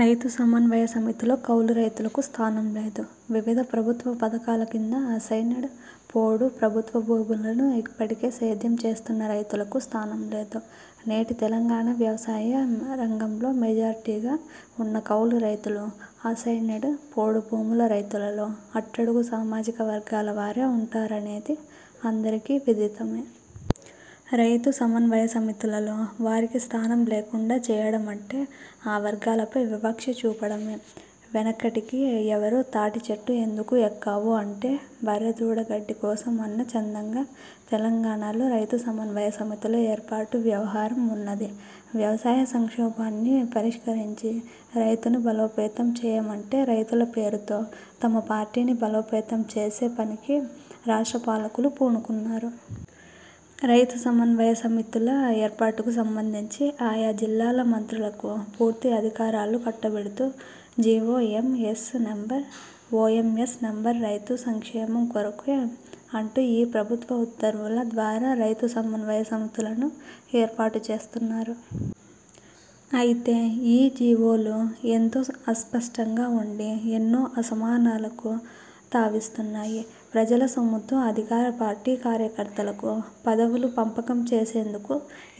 రైతు సమన్వయ సమితిలో కౌలు రైతులకు స్థానం లేదు. వివిధ ప్రభుత్వ పథకాల కింద అసైన్డ్, పోడు, ప్రభుత్వ భూములను ఇప్పటికే సేద్యం చేస్తున్న రైతులకూ స్థానం లేదు. నేటి తెలంగాణ వ్యవసాయం రంగంలో మెజార్టీగా ఉన్న కౌలు రైతులు, అసైన్డ్, పోడు భూముల రైతులలో అట్టడుగు సామాజిక వర్గాల వారే ఉంటారనేది అందరికీ విదితమే. రైతు సమన్వయ సమితులలో వారికి స్థానం లేకుండా చేయడమంటే ఆ వర్గాలపై వివక్ష చూపడమే. వెనకటికి ఎవరో తాటి చెట్టు ఎందుకు ఎక్కావు అంటే బర్రె దూడ గడ్డి కోసం అన్న చందంగా తెలంగాణలో రైతు సమన్వయ సమితుల ఏర్పాటు వ్యవహారం వున్నది. వ్యవసాయ సంక్షోభాన్ని పరిష్కరించి రైతును బలోపేతం చేయమంటే రైతుల పేరుతో తమ పార్టీని బలోపేతం చేసే పనికి రాష్ట్ర పాలకులు పూనుకున్నారు. రైతు సమన్వయ సమితుల ఏర్పాటుకు సంబంధించి ఆయా జిల్లాల మంత్రులకు పూర్తి అధికారాలు కట్టబెడుతూ G. O. M. S. Number. O. M. S. Number రైతు సంక్షేమం కొరకే అంటూ ఈ ప్రభుత్వ ఉత్తర్వుల ద్వారా రైతు సమన్వయ సమితులను ఏర్పాటు చేస్తున్నారు. అయితే ఈ జి. ఓ. లు ఎంతో అస్పష్టంగా వుండి ఎన్నో అసమానాలకు తావిస్తున్నాయి. ప్రజల సొమ్ముతో అధికార పార్టీ కార్యకర్తలకు పదవులు పంపకం చేసేందుకే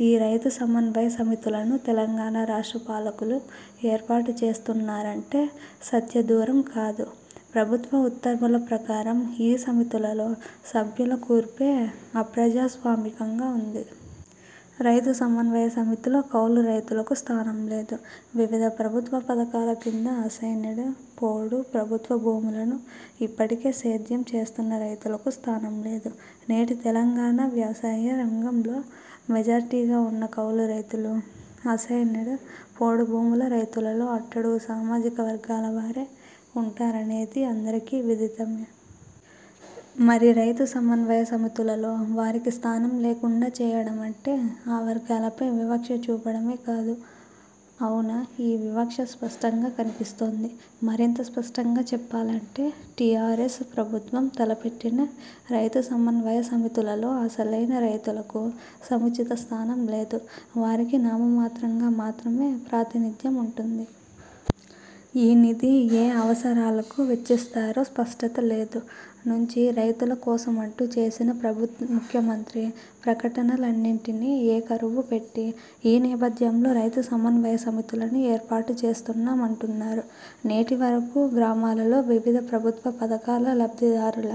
ఈ రైతు సమన్వయ సమితులను తెలంగాణ రాష్ట్ర పాలకులు ఏర్పాటు చేస్తున్నారంటే సత్య దూరం కాదు. ప్రభుత్వ ఉత్తర్వుల ప్రకారం ఈ సమితులలో సభ్యుల కూర్పే అప్రజాస్వామికంగా ఉంది. రైతు సమన్వయ సమితిలో కౌలు రైతులకు స్థానం లేదు. వివిధ ప్రభుత్వ పథకాల కింద అసైన్డ్, పోడు, ప్రభుత్వ భూములను ఇప్పటికే సేద్యం చేస్తున్న రైతులకూ స్థానం లేదు. నేటి తెలంగాణ వ్యవసాయం రంగంలో మెజార్టీగా ఉన్న కౌలు రైతులు, అసైన్డ్, పోడు భూముల రైతులలో అట్టడుగు సామాజిక వర్గాల వారే ఉంటారనేది అందరికీ విదితమే. మరి రైతు సమన్వయ సమితులలో వారికి స్థానం లేకుండా చేయడమంటే ఆ వర్గాలపై వివక్ష చూపడమే కాదూ. అవును, ఈ వివక్ష స్పష్టంగా కన్పిస్తోంది. మరింత స్పష్టంగా చెప్పాలంటే టీఆర్ఎస్ ప్రభుత్వం తలపెట్టిన రైతు సమన్వయ సమితులలో అసలైన రైతులకు సముచిత స్థానం లేదు. వారికి నామమాత్రంగా మాత్రమే ప్రాతినిధ్యముంటుంది. ఈ నిధి ఏ అవసరాలకు వెచ్చిస్తారో స్పష్టత లేదు, నుంచి రైతుల కోసమంటూ చేసిన ముఖ్యమంత్రి ప్రకటనలన్నింటినీ ఏకరవు పెట్టి ఈ నేపథ్యంలో రైతు సమన్వయ సమితులను ఏర్పాటు చేస్తున్నామంటున్నారు. నేటి వరకు గ్రామాలలో వివిధ ప్రభుత్వ పథకాల లబ్ధిదారుల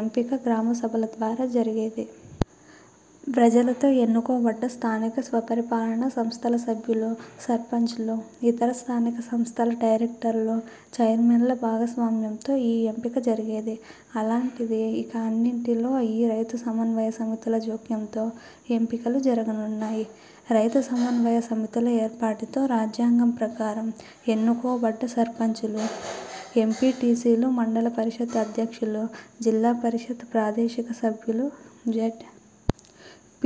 ఎంపిక గ్రామసభల ద్వారా జరిగేది. ప్రజలతో ఎన్నుకోబడ్డ స్థానిక స్వపరిపాలనా సంస్థల సభ్యులు, సర్పంచ్లు, ఇతర స్థానిక సంస్థల డైరెక్టర్లు, చైర్మన్ల భాగస్వామ్యంతో ఈ ఎంపిక జరిగేది. అలాంటిది ఇక అన్నింటిలో ఈ రైతు సమన్వయ సమితుల జోక్యంతో ఎంపికలు జరుగనున్నాయి. రైతు సమన్వయ సమితుల ఏర్పాటుతో రాజ్యాంగం ప్రకారం ఎన్నుకోబడ్డ సర్పంచులు, ఎంపీటీసీలు, మండల పరిషత్ అధ్యక్షులు, జిల్లా పరిషత్ ప్రాదేశిక సభ్యులు, జడ్.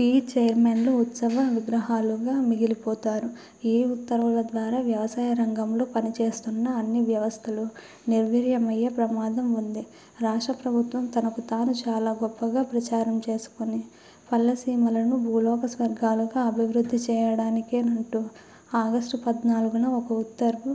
పి. చైర్మన్లు ఉత్సవ విగ్రహాలుగా మిగిలిపోతారు. ఈ ఉత్తర్వుల ద్వారా వ్యవసాయ రంగంలో పనిచేస్తున్న అన్ని వ్యవస్థలు నిర్వీర్యమయ్యే ప్రమాదం ఉంది. రాష్ట్ర ప్రభుత్వం తనకు తాను చాలా గొప్పగా ప్రచారం చేసుకుని, పల్లె సీమలను భూలోక స్వర్గాలుగా అభివృద్ధి చేయడానికేనంటూ ఆగస్టు పద్నాలుగున ఒక ఉత్తర్వు